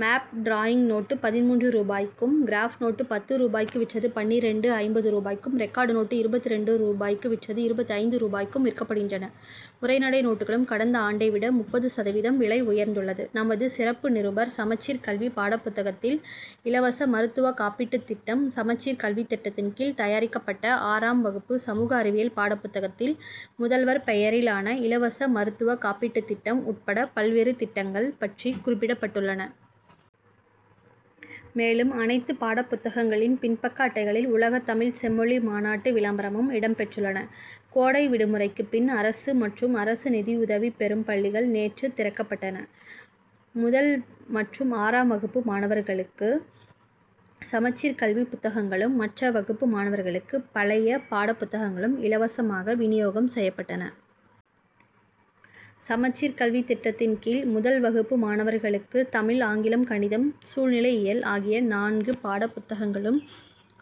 Map drawing note, பதின்மூன்று ரூபாய்க்கும், graph note, பத்து ரூபாய்க்கு விற்றது பன்னிரண்டு.ஐம்பது ரூபாய்க்கும், ரெக்கார்டு நோட்டு, இருபத்திரண்டு ரூபாய்க்கு விற்றது இருபத்தைந்து ரூபாய்க்கும் விற்கப்படுகின்றன. உரைநடை நோட்டுகளும், கடந்த ஆண்டை விட முப்பது சதவீதம் விலை உயர்ந்துள்ளது. நமது சிறப்பு நிருபர் சமச்சீர் கல்வி பாடப்புத்தகத்தில் இலவச மருத்துவ காப்பீட்டு திட்டம் சமச்சீர் கல்வி திட்டத்தின் கீழ், தயாரிக்கப்பட்ட ஆறாம் வகுப்பு சமூக அறிவியல் பாடப்புத்தகத்தில், முதல்வர் பெயரிலான இலவச மருத்துவ காப்பீட்டு திட்டம் உட்பட பல்வேறு திட்டங்கள் பற்றி குறிப்பிடப்பட்டுள்ளன. மேலும், அனைத்து பாடப் புத்தகங்களின் பின்பக்க அட்டைகளில், உலக தமிழ் செம்மொழி மாநாட்டு விளம்பரமும் இடம் பெற்றுள்ளன. கோடை விடுமுறைக்கு பின், அரசு மற்றும் அரசு நிதியுதவி பெறும் பள்ளிகள் நேற்று திறக்கப்பட்டன. முதல் மற்றும் ஆறாம் வகுப்பு மாணவர்களுக்கு, சமச்சீர் கல்வி புத்தகங்களும், மற்ற வகுப்பு மாணவர்களுக்கு பழைய பாடப் புத்தகங்களும் இலவசமாக வினியோகம் செய்யப்பட்டன. சமச்சீர் கல்வி திட்டத்தின் கீழ், முதல் வகுப்பு மாணவர்களுக்கு தமிழ், ஆங்கிலம், கணிதம், சூழ்நிலையியல் ஆகிய நான்கு பாடப் புத்தகங்களும்,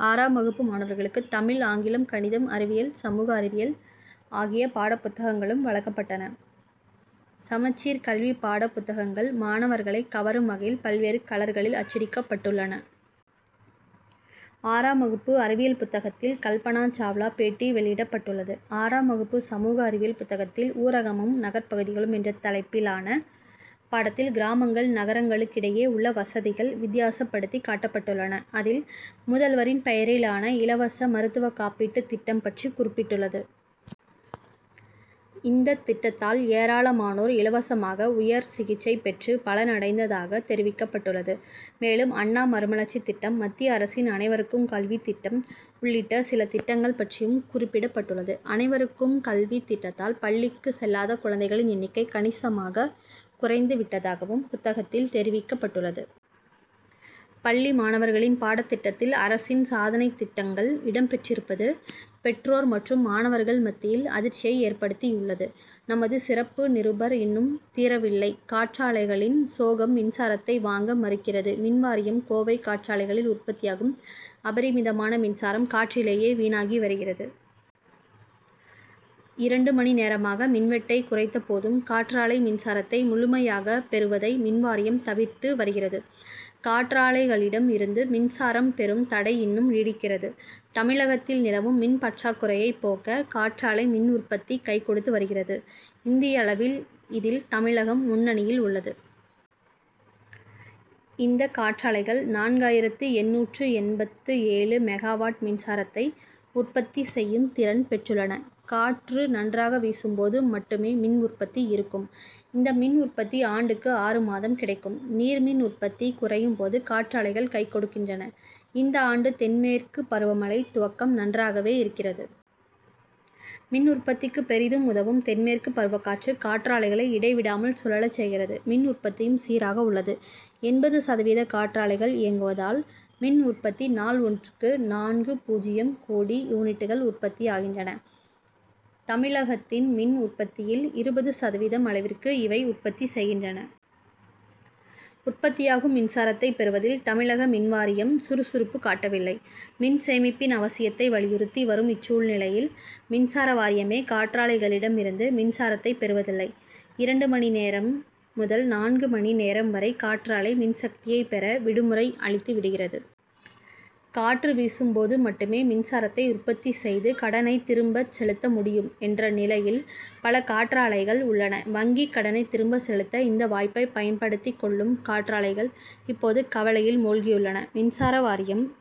ஆறாம் வகுப்பு மாணவர்களுக்கு தமிழ், ஆங்கிலம், கணிதம், அறிவியல், சமூக அறிவியல் ஆகிய பாடப் புத்தகங்களும் வழங்கப்பட்டன. சமச்சீர் கல்வி பாடப் புத்தகங்கள், மாணவர்களை கவரும் வகையில், பல்வேறு கலர்களில் அச்சடிக்கப்பட்டுள்ளன. ஆறாம் வகுப்பு அறிவியல் புத்தகத்தில், கல்பனா சாவ்லா பேட்டி வெளியிடப்பட்டுள்ளது. ஆறாம் வகுப்பு சமூக அறிவியல் புத்தகத்தில், ஊரகமும் நகர்பகுதிகளும்' என்ற தலைப்பிலான பாடத்தில், கிராமங்கள், நகரங்களுக்கிடையே உள்ள வசதிகள் வித்தியாசப்படுத்தி காட்டப்பட்டுள்ளன. அதில், முதல்வரின் பெயரிலான இலவச மருத்துவ காப்பீட்டு திட்டம் பற்றி குறிப்பிடப்பட்டுள்ளது. இந்த திட்டத்தால், ஏராளமானோர் இலவசமாக உயர் சிகிச்சை பெற்று பலனடைந்ததாக தெரிவிக்கப்பட்டுள்ளது. மேலும், அண்ணா மறுமலர்ச்சி திட்டம், மத்திய அரசின் அனைவருக்கும் கல்வி திட்டம் உள்ளிட்ட சில திட்டங்கள் பற்றியும் குறிப்பிடப்பட்டுள்ளது. அனைவருக்கும் கல்வி திட்டத்தால், பள்ளிக்கு செல்லாத குழந்தைகளின் எண்ணிக்கை கணிசமாக குறைந்து விட்டதாகவும், புத்தகத்தில் தெரிவிக்கப்பட்டுள்ளது. பள்ளி மாணவர்களின் பாடத் திட்டத்தில் அரசின் சாதனை திட்டங்கள் இடம்பெற்றிருப்பது பெற்றோர் மற்றும் மாணவர்கள் மத்தியில் அதிர்ச்சியை ஏற்படுத்தியுள்ளது. நமது சிறப்பு நிருபர் இன்னும் தீரவில்லை காற்றாலைகளின் சோகம் மின்சாரத்தை வாங்க மறுக்கிறது மின்வாரியம் கோவை காற்றாலைகளில் உற்பத்தியாகும் அபரிமிதமான மின்சாரம், காற்றிலேயே வீணாகி வருகிறது. இரண்டு மணி நேரமாக மின்வெட்டை குறைத்தபோதும், காற்றாலை மின்சாரத்தை முழுமையாக பெறுவதை மின்வாரியம் தவிர்த்து வருகிறது. காற்றாலைகளிடம் இருந்து மின்சாரம் பெறும் தடை இன்னும் நீடிக்கிறது. தமிழகத்தில் நிலவும் மின் பற்றாக்குறையை போக்க காற்றாலை மின் உற்பத்தி கைகொடுத்து வருகிறது. இந்திய அளவில், இதில் தமிழகம் முன்னணியில் உள்ளது. இந்த காற்றாலைகள், நான்காயிரத்து எண்ணூற்று எண்பத்து ஏழு மெகாவாட் மின்சாரத்தை உற்பத்தி செய்யும் திறன் பெற்றுள்ளன. காற்று நன்றாக வீசும்போது மட்டுமே மின் உற்பத்தி இருக்கும். இந்த மின் உற்பத்தி ஆண்டுக்கு ஆறுமாதம் கிடைக்கும். நீர்மின் உற்பத்தி குறையும்போது, காற்றாலைகள் கைகொடுக்கின்றன. இந்த ஆண்டு தென்மேற்கு பருவமழை துவக்கம் நன்றாகவே இருக்கிறது. மின் உற்பத்திக்கு பெரிதும் உதவும் தென்மேற்கு பருவக்காற்று, காற்றாலைகளை இடைவிடாமல் சுழலச் செய்கிறது. மின் உற்பத்தியும் சீராக உள்ளது. எண்பது சதவீத காற்றாலைகள் இயங்குவதால், மின் உற்பத்தி நாள் ஒன்றுக்கு நான்கு.பூஜ்ஜியம் கோடி யூனிட்டுகள் உற்பத்தியாகின்றன. தமிழகத்தின் மின் உற்பத்தியில் இருபது சதவீதம் அளவிற்கு இவை உற்பத்தி செய்கின்றன. உற்பத்தியாகும் மின்சாரத்தை பெறுவதில் தமிழக மின்வாரியம் சுறுசுறுப்பு காட்டவில்லை. மின் சேமிப்பின் அவசியத்தை வலியுறுத்தி வரும் இச்சூழ்நிலையில், மின்சார வாரியமே காற்றாலைகளிடம் இருந்து மின்சாரத்தை பெறுவதில்லை. இரண்டு மணி நேரம் முதல் நான்கு மணி நேரம் வரை காற்றாலை மின்சக்தியை பெற, விடுமுறை' அளித்து விடுகிறது. காற்று வீசும்போது மட்டுமே, மின்சாரத்தை உற்பத்திசெய்து, கடனை திரும்ப செலுத்த முடியும் என்ற நிலையில் பல காற்றாலைகள் உள்ளன. வங்கிக் கடனை திரும்ப செலுத்த இந்த வாய்ப்பை பயன்படுத்திக் கொள்ளும் காற்றாலைகள் இப்போது கவலையில் மூழ்கியுள்ளன. மின்சார வாரியம்,